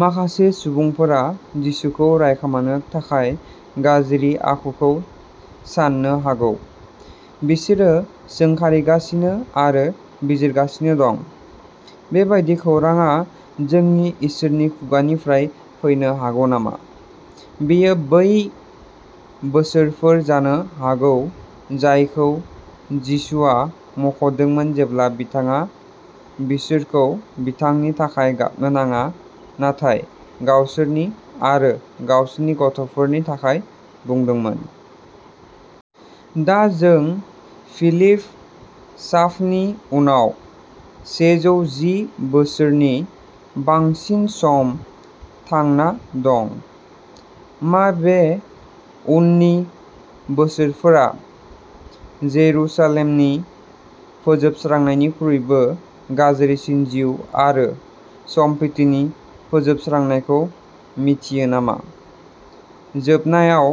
माखासे सुबुंफोरा जिसुखौ रायखुमानो थाखाय गाज्रि आखुखौ साननो हागौ। बिसोरो सोंखारिगासिनो आरो बिजिरगासिनो दं। बेबादि खौरांआ जोंनि इसोरनि खुगानिफ्राय फैनो हागौ नामा? बेयो बै बोसोरफोर जानो हागौ जायखौ जिसुआ मख’दोंमोन जेब्ला बिथाङा बिसोरखौ बिथांनि थाखाय गाबनो नाङा, नाथाय गावसोरनि आरो गावसोरनि गथ'फोरनि थाखाय बुंदोंमोन। दा जों फिलिप साफनि उनाव सेजौ जि बोसोरनि बांसिन सम थांना दं। मा बे उननि बोसोरफोरा जेरुसालेमनि फोजोबस्रांनायनिख्रुइबो गाज्रिसिन जिउ आरो सम्पथिनि फोजोबस्रांनायखौ मिथियो नामा? जोबनायाव,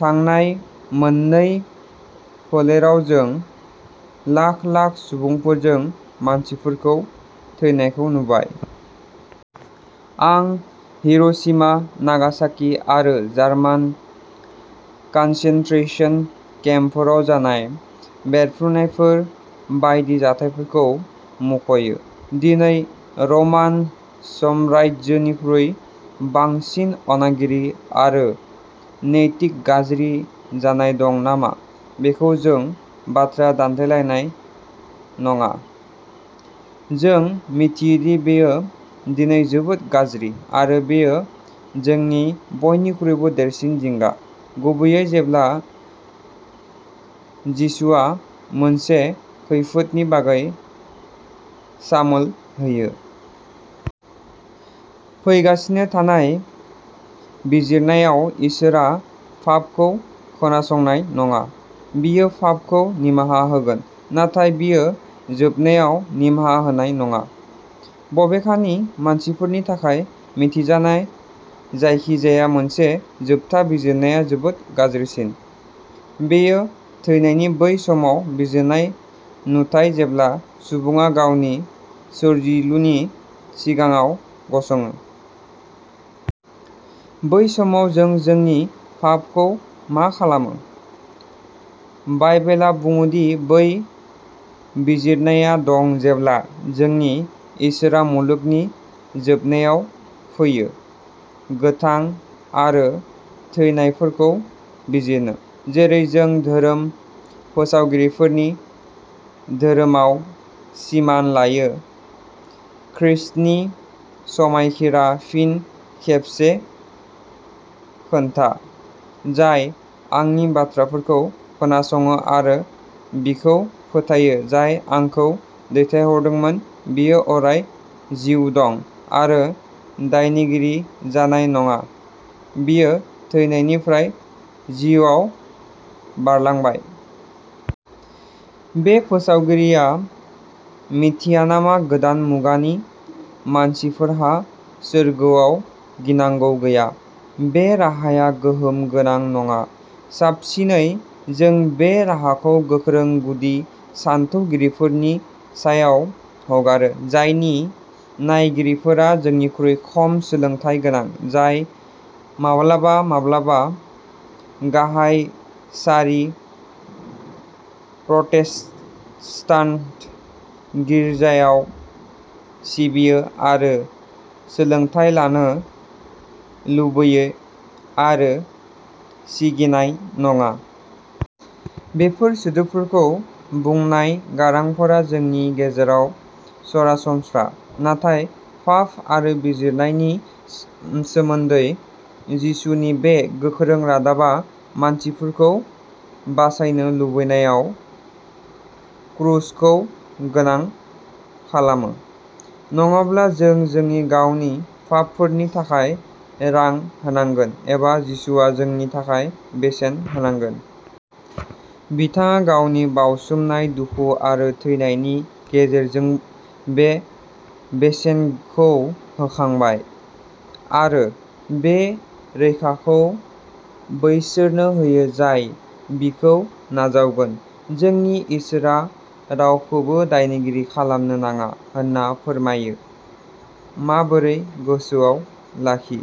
थांनाय मोननै फोलेराव जों लाख-लाख सुबुंफोरजों मानसिफोरखौ थैनायखौ नुबाय। आं हिर'शिमा, नागासाकि आरो जार्मान कानसेनट्रेसन केम्पफोराव जानाय बेरफ्रुनायफोर बायदि जाथायफोरखौ मख'यो। दिनै रमान सम्रायजोनिख्रुइ बांसिन अनागारि आरो नैतिक गाज्रि जानाय दं नामा बेखौ जों बाथ्रा दानथेलायनाय नङा। जों मिथियो दि बेयो दिनै जोबोद गाज्रि, आरो बेयो जोंनि बयनिख्रुइबो देरसिन जिंगा, गुबैयै जेब्ला जिसुआ मोनसे खैफोदनि बागै सामोल होयो। फैगासिनो थानाय बिजिरनायाव इसोरआ फाफखौ खोनासंनाय नङा। बियो फाफखौ निमाहा होगोन, नाथाय बियो जोबनायाव निमाहा होनाय नङा। बबेखानि, मानसिफोरनि थाखाय मिथिजानाय जायखिजाया मोनसे जोबथा बिजिरनाया जोबोद गाज्रिसिन। बेयो थैनायनि बै समाव बिजिरनाय नुथाय जेब्ला सुबुङा गावनि सोरजिलुनि सिगाङाव गसङो। बै समाव जों जोंनि फाफखौ मा खालामो? बाइबेला बुङो दि बै बिजिरनाया दं जेब्ला जोंनि इसोरआ मुलुगनि जोबनायाव फैयो "गोथां आरो थैनायफोरखौ बिजिरनो", जेरै जों धोरोम फोसावगिरिफोरनि धोरोमाव सिमान लायो। ख्रिस्टनि समायखिरा फिन खेबसे खोनथा, "जाय आंनि बाथ्राफोरखौ खोनासङो आरो बिखौ फोथायो जाय आंखौ दैथायहरदोंमोन बियो अराय जिउ दं, आरो दायनिगिरि जानाय नङा बियो थैनायनिफ्राय जिउआव बारलांबाय। बे फोसावगिरिया मिथिया नामा गोदान मुगानि मानसिफोरहा सोरगोआव गिनांगौ गैया? बे राहाया गोहोम गोनां नङा। साबसिनै जों बे राहाखौ गोख्रों गुदि सानथौगिरिफोरनि सायाव हगारो, जायनि नायगिरिफोरा जोंनिख्रुइ खम सोलोंथाय गोनां, जाय माब्लाबा-माब्लाबा गाहाय सारि प्रटेस्टान्ट गिरजायाव सिबियो आरो सोलोंथाय लानो लुबैयो आरो सिगिनाय नङा। बेफोर सोदोबफोरखौ बुंनाय गारांफोरा जोंनि गेजेराव सरासनस्रा, नाथाय फाफ आरो बिजिरनायनि सोमोन्दै जिसुनि बे गोख्रों रादाबा मानसिफोरखौ बासायनो लुबैनायाव क्रुसखौ गोनां खालामो। नङाब्ला जों जोंनि गावनि फाफफोरनि थाखाय रां होनांगोन, एबा जिसुआ जोंनि थाखाय बेसेन होनांगोन। बिथाङा गावनि बावसोमनाय दुखु आरो थैनायनि गेजेरजों बे बेसेनखौ होखांबाय, आरो बे रैखाखौ बैसोरनो होयो जाय बिखौ नाजावगोन। जोंनि इसोरआ रावखौबो दायनिगिरि खालामनो नाङा होनना फोरमायो। माबोरै गोसोआव लाखि।